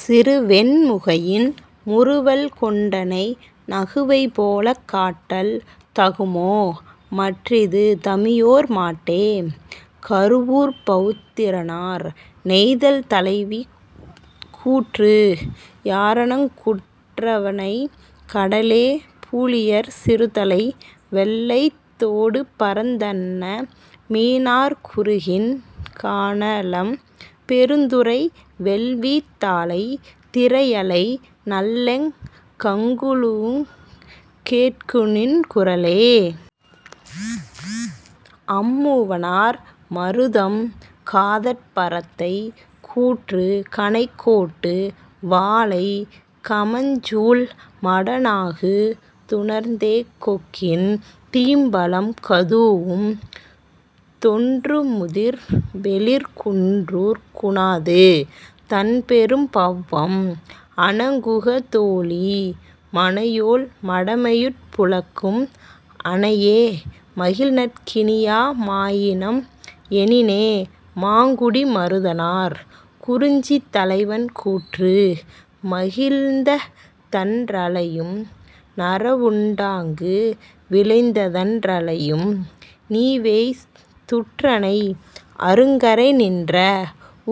சிறுவெண் முகையின் முறுவல் கொண்டனை நகுவை போலக் காட்டல் தகுமோ மற்றிது தமியோர் மாட்டே. -கருவூர்ப் பவுத்திரனார்.. நெய்தல் தலைவி கூற்று யாரணங் குற்றனை கடலே பூழியர் சிறுதலை வெள்ளைத் தோடுபரந் தன்ன மீனார் குருகின் கானலம் பெருந்துறை வெள்வீத் தாழை திரையலை நள்ளென் கங்குலுங் கேட்குநின் குரலே. -அம்மூவனார்.. மருதம் காதற்பரத்தை கூற்று கணைக்கோட்டு வாளை கமஞ்சூல் மடநாகு துணர்த்தேக் கொக்கின் தீம்பழம் கதூஉம் தொன்றுமுதிர் வேளிர் குன்றூர்க் குணாது தண்பெரும் பவ்வம் அணங்குக தோழி மனையோள் மடமையிற் புலக்கும் அனையே மகிழ்நற்கியா மாயினம் எனினே. -மாங்குடி மருதனார்.. குறிஞ்சி தலைவன் கூற்று மகிழ்ந்ததன் றலையும் நறவுண் டாங்கு விழைந்ததன் றலையும் நீவெய் துற்றனை அருங்கரை நின்ற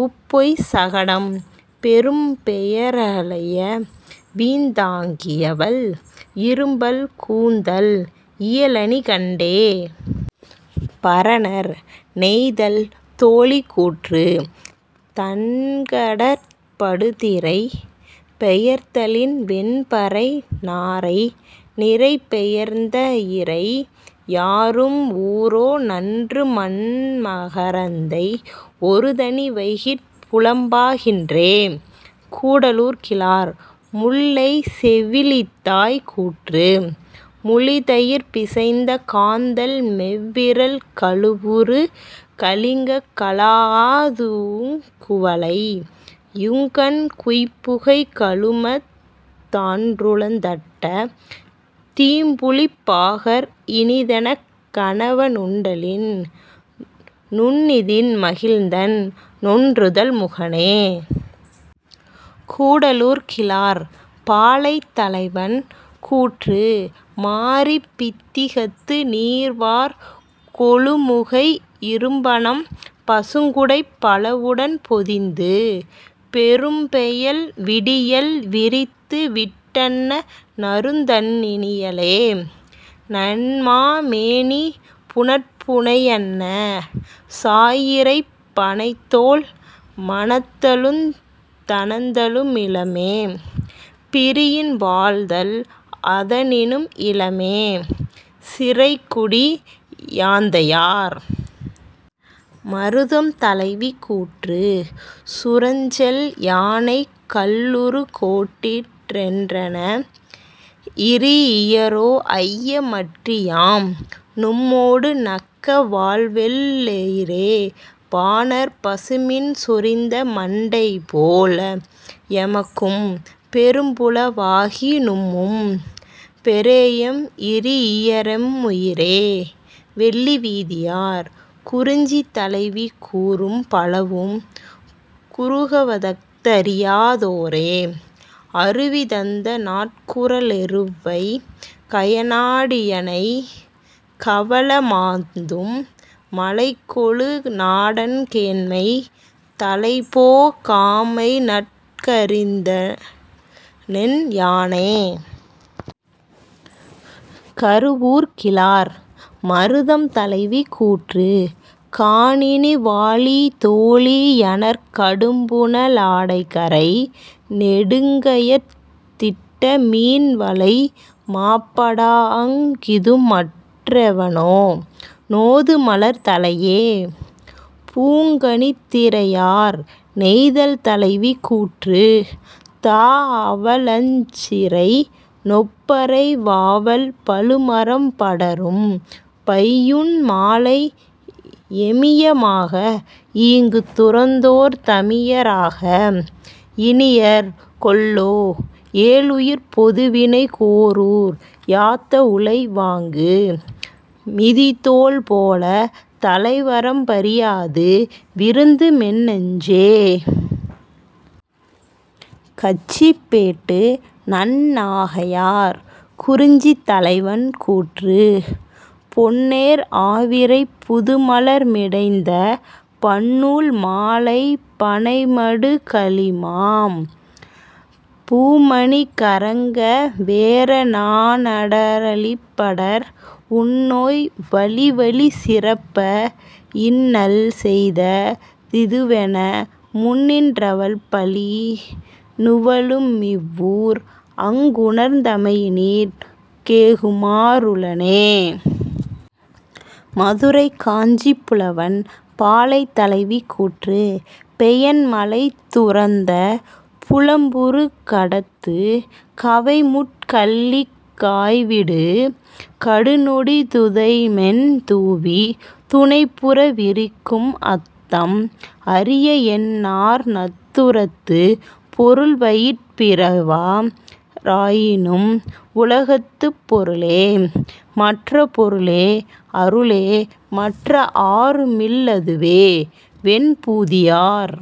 உப்பொய் சகடம் பெரும்பெய றலையவீந் தாங்கியவள் இரும்பல் கூந்தல் இயலணி கண்டே. -பரணர்.. நெய்தல் தோழி கூற்று தண்கடற் படுதிரை பெயர்த்தலின் வெண்பறை நாரை நிரைபெயர்ந் தயிரை யாரும் ஊரோ நன்றுமன் மரந்தை ஒருதனி வைகிற் புலம்பா கின்றே. -கூடலூர் கிழார்.. முல்லை செவிலித்தாய் கூற்று முளிதயிர் பிசைந்த காந்தண் மெல்விரல் கழுவுறு கலிங்கங் கழாஅ துடீஇக் குவளை யுண்கண் குய்ப்புகை கழுமத் தான்றுழந் தட்ட தீம்புளிப் பாகர் இனிதெனக் கணவ னுண்டலின் நுண்ணிதின் மகிழ்ந்தன் றொண்ணுதல் முகனே. -கூடலூர் கிழார்.. பாலை தலைவன் கூற்று மாரிப் பித்திகத்து நீர்வார் கொழுமுகை இரும்பனம் பசுங்குடைப் பலவுடன் பொதிந்து பெரும்பெயல் விடியல் விரித்துவிட் டன்ன நறுந்தண் ணியளே நன்மா மேனி புனற்புணை யன்ன சாயிறைப் பணைத்தோள் மணத்தலுந் தணத்தலு மிலமே பிரியின் வாழ்தல் அதனினும் இலமே. -சிறைக்குடி யாந்தையார்.. மருதம் தலைவி கூற்று சுரஞ்செல் யானைக் கல்லுறு கோட்டிற் றெற்றென இறீஇயரோ ஐய மற்றியாம் நும்மொடு நக்க வால்வெள் ளெயிறே பாணர், பசுமீன் சொரிந்த மண்டைபோல எமக்கும் பெரும்புல வாகி நும்மும் பெறேஎம் இறீஇயரெம் முயிரே. -வெள்ளிவீதியார்.. குறிஞ்சி தலைவி கூற்று பலவும் கூறுகவஃ தறியா தோரே அருவி தந்த நாட்குர லெருவை கயனா டியானை கவள மாந்தும் மலைகெழு நாடன் கேண்மை தலைபோ காமைநற் கறிந்தனென் யானே. -கருவூர்கிழார்.. மருதம் தலைவி கூற்று காணினி வாழி தோழி யாணர்க் கடும்புன லடைகரை நெடுங்கயத் திட்ட மீன்வலை மாப்பட் டாஅங் கிதுமற் றெவனோ நொதுமலர் தலையே. -பூங்கணுத்திரையார்.. நெய்தல் தலைவி கூற்று தாஅ வலஞ்சிறை நொப்பறை வாவல் பழுமரம் படரும் பையுன் மாலை எமிய மாக ஈங்குத் துறந்தோர் தமிய ராக இனியர் கொல்லோ ஏழூர்ப் பொதுவினைக் கோரூர் யாத்த உலைவாங்கு மிதிதோல் போலத் தலைவரம் பறியாது வருந்துமென் னெஞ்சே. -கச்சிப்பேட்டு நன்னாகையார்.. குறிஞ்சி தலைவன் கூற்று பொன்னேர் ஆவிரைப் புதுமலர் மிடைந்த பன்னூல் மாலைப் பனைபடு கலிமாப் பூண்மணி கறங்க வேறி நாணட் டழிபடர் உண்ணோய் வழிவழி சிறப்ப இன்னள் செய்த திதுவென முன்னின் றவள் பழி நுவலு மிவ்வூர் ஆங்குணர்ந் தமையினீங் கேகுமா றுளெனே. -மதுரைக் காஞ்சிப்புலவன்.. பாலை தலைவி கூற்று பெயன்மழை துறந்த புலம்புறு கடத்துக் கவைமுட் கள்ளிக் காய்விடு கடுநொடி துதைமென் தூவித் துணைப்புற விரிக்கும் அத்தம் அரிய என்னார் நத்துறந்து பொருள்வயிற் பிரிவா ராயினிவ் வுலகத்துப் பொருளே மன்ற பொருளே அருளே மன்ற ஆருமில் லதுவே. -வெண்பூதியார்..